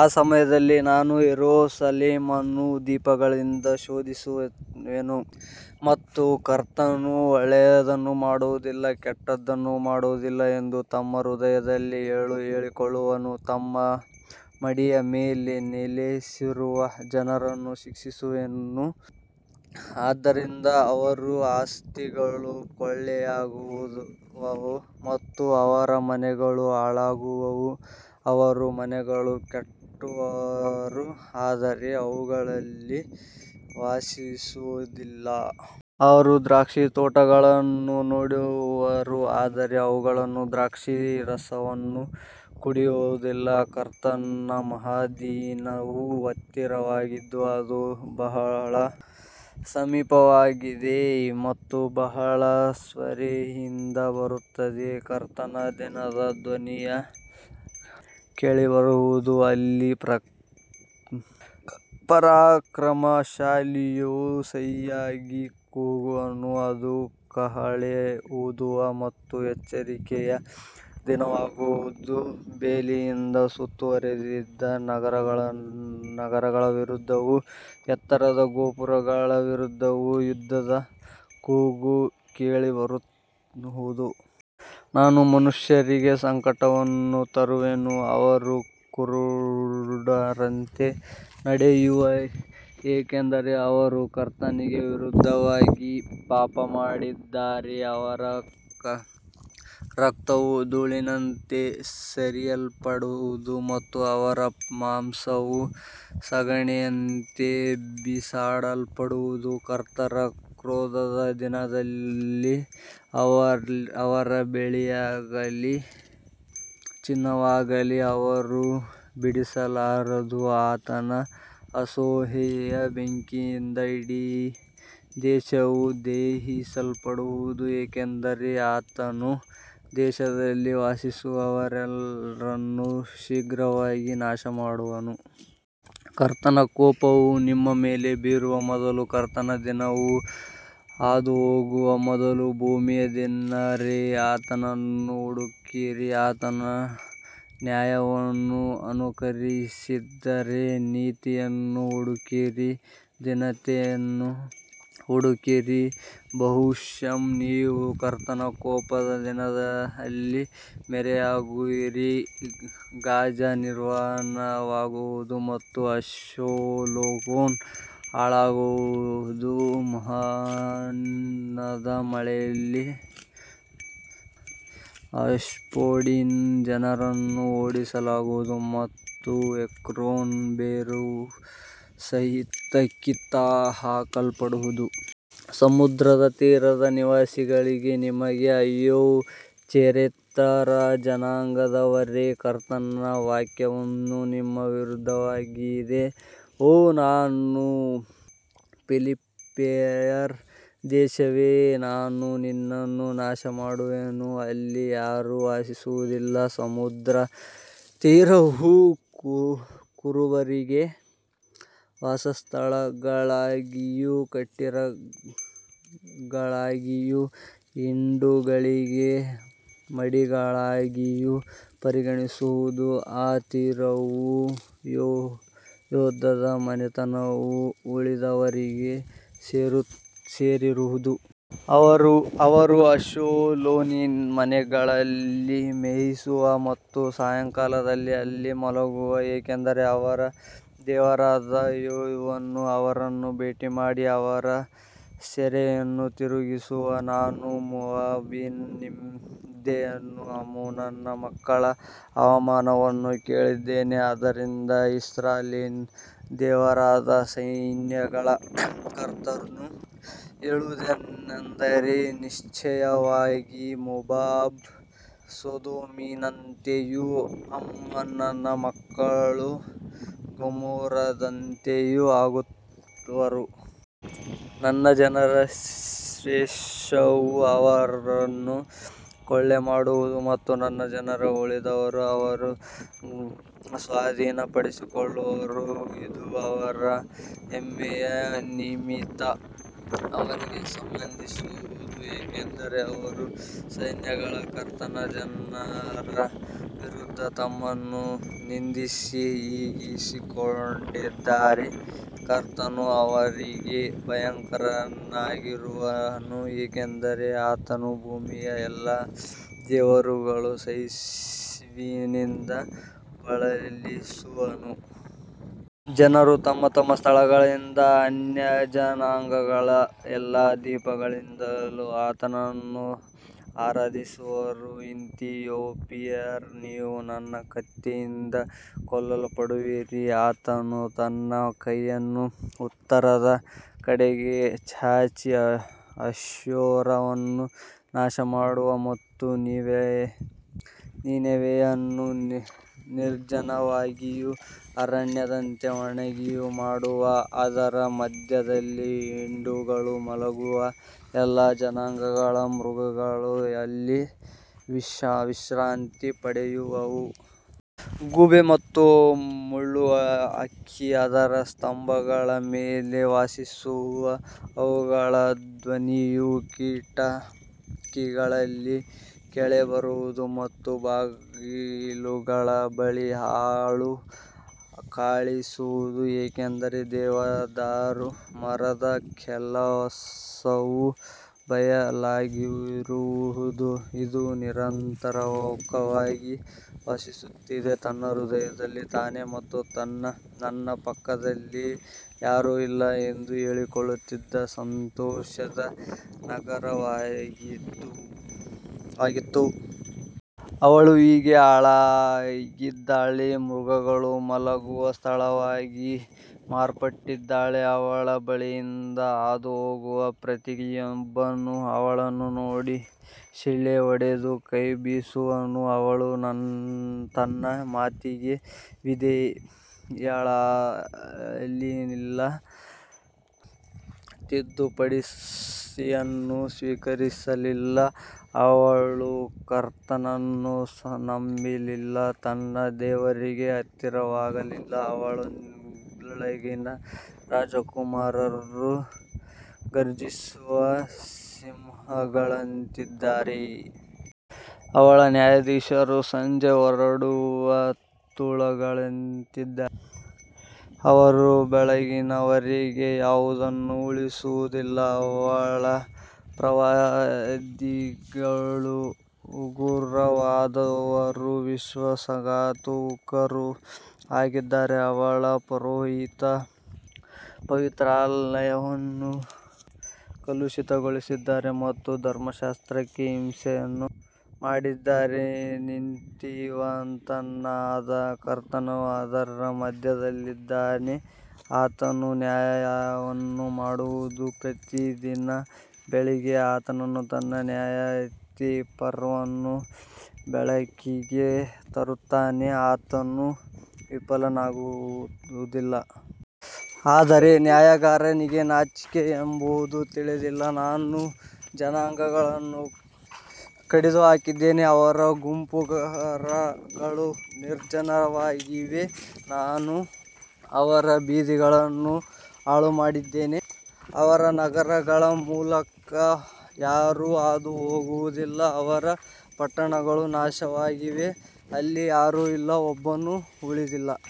ಆ ಸಮಯದಲ್ಲಿ ನಾನು ಯೆರೂಸಲೇಮನ್ನು ದೀಪಗಳಿಂದ ಶೋಧಿಸುವೆನು ಮತ್ತು ಕರ್ತನು ಒಳ್ಳೆಯದನ್ನು ಮಾಡುವುದಿಲ್ಲ, ಕೆಟ್ಟದ್ದನ್ನೂ ಮಾಡುವುದಿಲ್ಲ ಎಂದು ತಮ್ಮ ಹೃದಯದಲ್ಲಿ ಹೇಳಿಕೊಳ್ಳುವ, ತಮ್ಮ ಮಡ್ಡಿಯ ಮೇಲೆ ನೆಲೆಸಿರುವ ಜನರನ್ನು ಶಿಕ್ಷಿಸುವೆನು. ಆದ್ದರಿಂದ ಅವರ ಆಸ್ತಿಗಳು ಕೊಳ್ಳೆಯಾಗುವವು ಮತ್ತು ಅವರ ಮನೆಗಳು ಹಾಳಾಗುವವು. ಅವರು ಮನೆಗಳನ್ನು ಕಟ್ಟುವರು, ಆದರೆ ಅವುಗಳಲ್ಲಿ ವಾಸಿಸುವುದಿಲ್ಲ. ಅವರು ದ್ರಾಕ್ಷಿತೋಟಗಳನ್ನು ನೆಡುವರು, ಆದರೆ ಅವುಗಳ ದ್ರಾಕ್ಷಾರಸವನ್ನು ಕುಡಿಯುವುದಿಲ್ಲ. ಕರ್ತನ ಮಹಾದಿನವು ಹತ್ತಿರವಾಗಿದೆ, ಅದು ಬಹಳ ಸಮೀಪವಾಗಿದೆ ಮತ್ತು ಬಹಳ ತ್ವರೆಯಿಂದ ಬರುತ್ತದೆ. ಕರ್ತನ ದಿನದ ಧ್ವನಿಯು ಕೇಳಿಬರುವುದು, ಅಲ್ಲಿ ಪರಾಕ್ರಮಶಾಲಿಯು ಕಹಿಯಾಗಿ ಕೂಗುವನು. ಅದು ಕಹಳೆ ಊದುವ ಮತ್ತು ಎಚ್ಚರಿಕೆಯ ದಿನವಾಗಿರುವುದು, ಬೇಲಿಯಿಂದ ಸುತ್ತುವರಿದ ನಗರಗಳ ವಿರುದ್ಧವೂ ಎತ್ತರದ ಗೋಪುರಗಳ ವಿರುದ್ಧವೂ ಯುದ್ಧದ ಕೂಗು ಕೇಳಿಬರುವುದು. ನಾನು ಮನುಷ್ಯರಿಗೆ ಸಂಕಟವನ್ನು ತರುವೆನು, ಅವರು ಕುರುಡರಂತೆ ನಡೆಯುವರು, ಏಕೆಂದರೆ ಅವರು ಕರ್ತನಿಗೆ ವಿರುದ್ಧವಾಗಿ ಪಾಪಮಾಡಿದ್ದಾರೆ. ಅವರ ರಕ್ತವು ಧೂಳಿನಂತೆ ಸುರಿಯಲ್ಪಡುವುದು ಮತ್ತು ಅವರ ಮಾಂಸವು ಸಗಣಿಯಂತೆ ಬಿಸಾಡಲ್ಪಡುವುದು. ಕರ್ತನ ಕ್ರೋಧದ ದಿನದಲ್ಲಿ ಅವರ ಬೆಳ್ಳಿಯಾಗಲಿ ಚಿನ್ನವಾಗಲಿ ಅವರನ್ನು ಬಿಡಿಸಲಾರದು. ಆತನ ಅಸೂಯೆಯ ಬೆಂಕಿಯಿಂದ ಇಡೀ ದೇಶವು ದಹಿಸಲ್ಪಡುವುದು, ಏಕೆಂದರೆ ಆತನು ದೇಶದಲ್ಲಿ ವಾಸಿಸುವವರೆಲ್ಲರನ್ನು ಶೀಘ್ರವಾಗಿ ನಾಶಮಾಡುವನು. ಕರ್ತನ ಕೋಪವು ನಿಮ್ಮ ಮೇಲೆ ಬರುವ ಮೊದಲು, ಕರ್ತನ ದಿನವು ಹಾದುಹೋಗುವ ಮೊದಲು, ಭೂಮಿಯ ದೀನರೇ, ಆತನನ್ನು ಹುಡುಕಿರಿ. ಆತನ ನ್ಯಾಯವನ್ನು ಅನುಸರಿಸಿದವರೇ, ನೀತಿಯನ್ನು ಹುಡುಕಿರಿ, ದೀನತೆಯನ್ನು ಹುಡುಕಿರಿ. ಬಹುಶಃ ನೀವು ಕರ್ತನ ಕೋಪದ ದಿನದಲ್ಲಿ ಮರೆಯಾಗುವಿರಿ. ಗಾಜಾ ನಿರ್ಜನವಾಗುವುದು ಮತ್ತು ಅಶ್ಕೆಲೋನ್ ಹಾಳಾಗುವುದು. ಮಧ್ಯಾಹ್ನದ ವೇಳೆಯಲ್ಲಿ ಅಷ್ಡೋಡಿನ ಜನರನ್ನು ಓಡಿಸಲಾಗುವುದು ಮತ್ತು ಎಕ್ರೋನ್ ಬೇರುಸಹಿತ ಕಿತ್ತುಹಾಕಲ್ಪಡುವುದು. ಸಮುದ್ರ ತೀರದ ನಿವಾಸಿಗಳೇ, ನಿಮಗೆ ಅಯ್ಯೋ. ಚೆರೆತ್ಯರ ಜನಾಂಗದವರೇ, ಕರ್ತನ ವಾಕ್ಯವು ನಿಮ್ಮ ವಿರುದ್ಧವಾಗಿದೆ. ಓ ಕಾನಾನ್, ಫಿಲಿಷ್ಟಿಯರ ದೇಶವೇ, ನಾನು ನಿನ್ನನ್ನು ನಾಶಮಾಡುವೆನು, ಅಲ್ಲಿ ಯಾರೂ ವಾಸಿಸುವುದಿಲ್ಲ. ಸಮುದ್ರ ತೀರವು ಕುರುಬರಿಗೆ ವಾಸಸ್ಥಾನಗಳಾಗಿಯೂ ಕುಟೀರಗಳಾಗಿಯೂ ಹಿಂಡುಗಳಿಗೆ ಮಡಿಗಳಾಗಿಯೂ ಪರಿಣಮಿಸುವುದು. ಆ ತೀರವು ಯೆಹೂದದ ಮನೆತನದ ಉಳಿದವರಿಗೆ ಸೇರಿರುವುದು. ಅವರು ಅಶ್ಕೆಲೋನಿನ ಮನೆಗಳಲ್ಲಿ ಮೇಯಿಸುವರು ಮತ್ತು ಸಾಯಂಕಾಲದಲ್ಲಿ ಅಲ್ಲಿ ಮಲಗುವರು, ಏಕೆಂದರೆ ಅವರ ದೇವರಾದ ಯೆಹೋವನು ಅವರನ್ನು ಭೇಟಿಮಾಡಿ ಅವರ ಸೆರೆಯನ್ನು ತಿರುಗಿಸುವನು. ನಾನು ಮೋವಾಬಿನ ನಿಂದೆಯನ್ನೂ ಅಮ್ಮೋನನ ಮಕ್ಕಳ ಅವಮಾನವನ್ನೂ ಕೇಳಿದ್ದೇನೆ. ಆದ್ದರಿಂದ ಇಸ್ರಾಯೇಲಿನ ದೇವರಾದ ಸೈನ್ಯಗಳ ಕರ್ತನು ಹೇಳುವುದೇನೆಂದರೆ, ನಿಶ್ಚಯವಾಗಿ ಮೋವಾಬ್ ಸೊದೋಮಿನಂತೆಯೂ ಅಮ್ಮೋನನ ಮಕ್ಕಳು ಗೊಮೋರದಂತೆಯೂ ಆಗುವರು. ನನ್ನ ಜನರ ಶೇಷವು ಅವರನ್ನು ಕೊಳ್ಳೆಮಾಡುವುದು ಮತ್ತು ನನ್ನ ಜನರ ಉಳಿದವರು ಅವರನ್ನು ಸ್ವಾಧೀನಪಡಿಸಿಕೊಳ್ಳುವರು. ಇದು ಅವರ ಹೆಮ್ಮೆಯ ನಿಮಿತ್ತ ಅವರಿಗೆ ಸಂಭವಿಸುವುದು, ಏಕೆಂದರೆ ಅವರು ಸೈನ್ಯಗಳ ಕರ್ತನ ಜನರ ವಿರುದ್ಧ ತಮ್ಮನ್ನು ನಿಂದಿಸಿ ಹಿಗ್ಗಿಸಿಕೊಂಡಿದ್ದಾರೆ. ಕರ್ತನು ಅವರಿಗೆ ಭಯಂಕರನಾಗಿರುವನು, ಏಕೆಂದರೆ ಆತನು ಭೂಮಿಯ ಎಲ್ಲಾ ದೇವರುಗಳನ್ನು ಹಸಿವಿನಿಂದ ಬಳಲಿಸುವನು. ಜನರು ತಮ್ಮ ತಮ್ಮ ಸ್ಥಳಗಳಿಂದಲೂ ಅನ್ಯಜನಾಂಗಗಳ ಎಲ್ಲಾ ದ್ವೀಪಗಳಿಂದಲೂ ಆತನನ್ನು ಆರಾಧಿಸುವರು. ಇಥಿಯೋಪಿಯರೇ, ನೀವು ನನ್ನ ಕತ್ತಿಯಿಂದ ಕೊಲ್ಲಲ್ಪಡುವಿರಿ. ಆತನು ತನ್ನ ಕೈಯನ್ನು ಉತ್ತರದ ಕಡೆಗೆ ಚಾಚಿ ಅಶ್ಶೂರವನ್ನು ನಾಶಮಾಡುವನು ಮತ್ತು ನಿನೆವೆಯನ್ನು ನಿರ್ಜನವಾಗಿಯೂ ಅರಣ್ಯದಂತೆ ಒಣಗಿಯೂ ಮಾಡುವನು. ಅದರ ಮಧ್ಯದಲ್ಲಿ ಹಿಂಡುಗಳು ಮಲಗುವವು, ಎಲ್ಲಾ ಜನಾಂಗಗಳ ಮೃಗಗಳು ಅಲ್ಲಿ ವಿಶ್ರಾಂತಿ ಪಡೆಯುವವು. ಗೂಬೆ ಮತ್ತು ಮುಳ್ಳುಹಕ್ಕಿ ಅದರ ಸ್ತಂಭಗಳ ಮೇಲೆ ವಾಸಿಸುವವು. ಅವುಗಳ ಧ್ವನಿಯು ಕಿಟಕಿಗಳಲ್ಲಿ ಕೇಳಿಬರುವುದು ಮತ್ತು ಬಾಗಿಲುಗಳ ಬಳಿ ಹಾಳು ಕಾಣಿಸುವುದು, ಏಕೆಂದರೆ ದೇವದಾರು ಮರದ ಕೆಲಸವು ಬಯಲಾಗಿರುವುದು. ಇದು ನಿರಾತಂಕವಾಗಿ ವಾಸಿಸುತ್ತಿದ್ದ, ತನ್ನ ಹೃದಯದಲ್ಲಿ, ನಾನೇ ಮತ್ತು ನನ್ನ ಪಕ್ಕದಲ್ಲಿ ಯಾರೂ ಇಲ್ಲ ಎಂದು ಹೇಳಿಕೊಳ್ಳುತ್ತಿದ್ದ ಸಂತೋಷದ ನಗರವಾಗಿತ್ತು. ಅವಳು ಹೇಗೆ ಹಾಳಾಗಿದ್ದಾಳೆ, ಮೃಗಗಳು ಮಲಗುವ ಸ್ಥಳವಾಗಿ ಮಾರ್ಪಟ್ಟಿದ್ದಾಳೆ. ಅವಳ ಬಳಿಯಿಂದ ಹಾದುಹೋಗುವ ಪ್ರತಿಯೊಬ್ಬನೂ ಅವಳನ್ನು ನೋಡಿ ಶಿಳ್ಳೆ ಹೊಡೆದು ಕೈ ಬೀಸುವನು. ಅವಳು ತನ್ನ ಮಾತಿಗೆ ವಿಧೇಯಳಾಗಲಿಲ್ಲ, ತಿದ್ದುಪಡಿಯನ್ನು ಸ್ವೀಕರಿಸಲಿಲ್ಲ. ಅವಳು ಕರ್ತನನ್ನು ನಂಬಲಿಲ್ಲ, ತನ್ನ ದೇವರಿಗೆ ಹತ್ತಿರವಾಗಲಿಲ್ಲ. ಅವಳೊಳಗಿನ ರಾಜಕುಮಾರರು ಘರ್ಜಿಸುವ ಸಿಂಹಗಳಂತಿದ್ದಾರೆ. ಅವಳ ನ್ಯಾಯಾಧೀಶರು ಸಂಜೆ ಹೊರಡುವ ತೋಳಗಳಂತಿದ್ದಾರೆ, ಅವರು ಬೆಳಗ್ಗಿನವರೆಗೆ ಯಾವುದನ್ನೂ ಉಳಿಸುವುದಿಲ್ಲ. ಅವಳ ಪ್ರವಾದಿಗಳು ಹಗುರವಾದವರೂ ವಿಶ್ವಾಸಘಾತುಕರೂ ಆಗಿದ್ದಾರೆ. ಅವಳ ಪುರೋಹಿತರು ಪವಿತ್ರಾಲಯವನ್ನು ಕಲುಷಿತಗೊಳಿಸಿದ್ದಾರೆ ಮತ್ತು ಧರ್ಮಶಾಸ್ತ್ರಕ್ಕೆ ಹಿಂಸೆಯನ್ನು ಮಾಡಿದ್ದಾರೆ. ನೀತಿವಂತನಾದ ಕರ್ತನು ಅದರ ಮಧ್ಯದಲ್ಲಿದ್ದಾನೆ, ಆತನು ಅನ್ಯಾಯವನ್ನು ಮಾಡುವುದಿಲ್ಲ. ಪ್ರತಿದಿನ ಬೆಳಿಗ್ಗೆ ಆತನು ತನ್ನ ನ್ಯಾಯತೀರ್ಪನ್ನು ಬೆಳಕಿಗೆ ತರುತ್ತಾನೆ, ಆತನು ವಿಫಲನಾಗುವುದಿಲ್ಲ. ಆದರೆ ಅನ್ಯಾಯಗಾರನಿಗೆ ನಾಚಿಕೆಯೆಂಬುದು ತಿಳಿದಿಲ್ಲ. ನಾನು ಜನಾಂಗಗಳನ್ನು ಕಡಿದುಹಾಕಿದ್ದೇನೆ, ಅವರ ಗೋಪುರಗಳು ನಿರ್ಜನವಾಗಿವೆ. ನಾನು ಅವರ ಬೀದಿಗಳನ್ನು ಹಾಳುಮಾಡಿದ್ದೇನೆ, ಅವರ ನಗರಗಳ ಮೂಲಕ ಯಾರೂ ಹಾದುಹೋಗುವುದಿಲ್ಲ. ಅವರ ಪಟ್ಟಣಗಳು ನಾಶವಾಗಿವೆ, ಅಲ್ಲಿ ಯಾರೂ ಇಲ್ಲ, ಒಬ್ಬನೂ ಉಳಿದಿಲ್ಲ.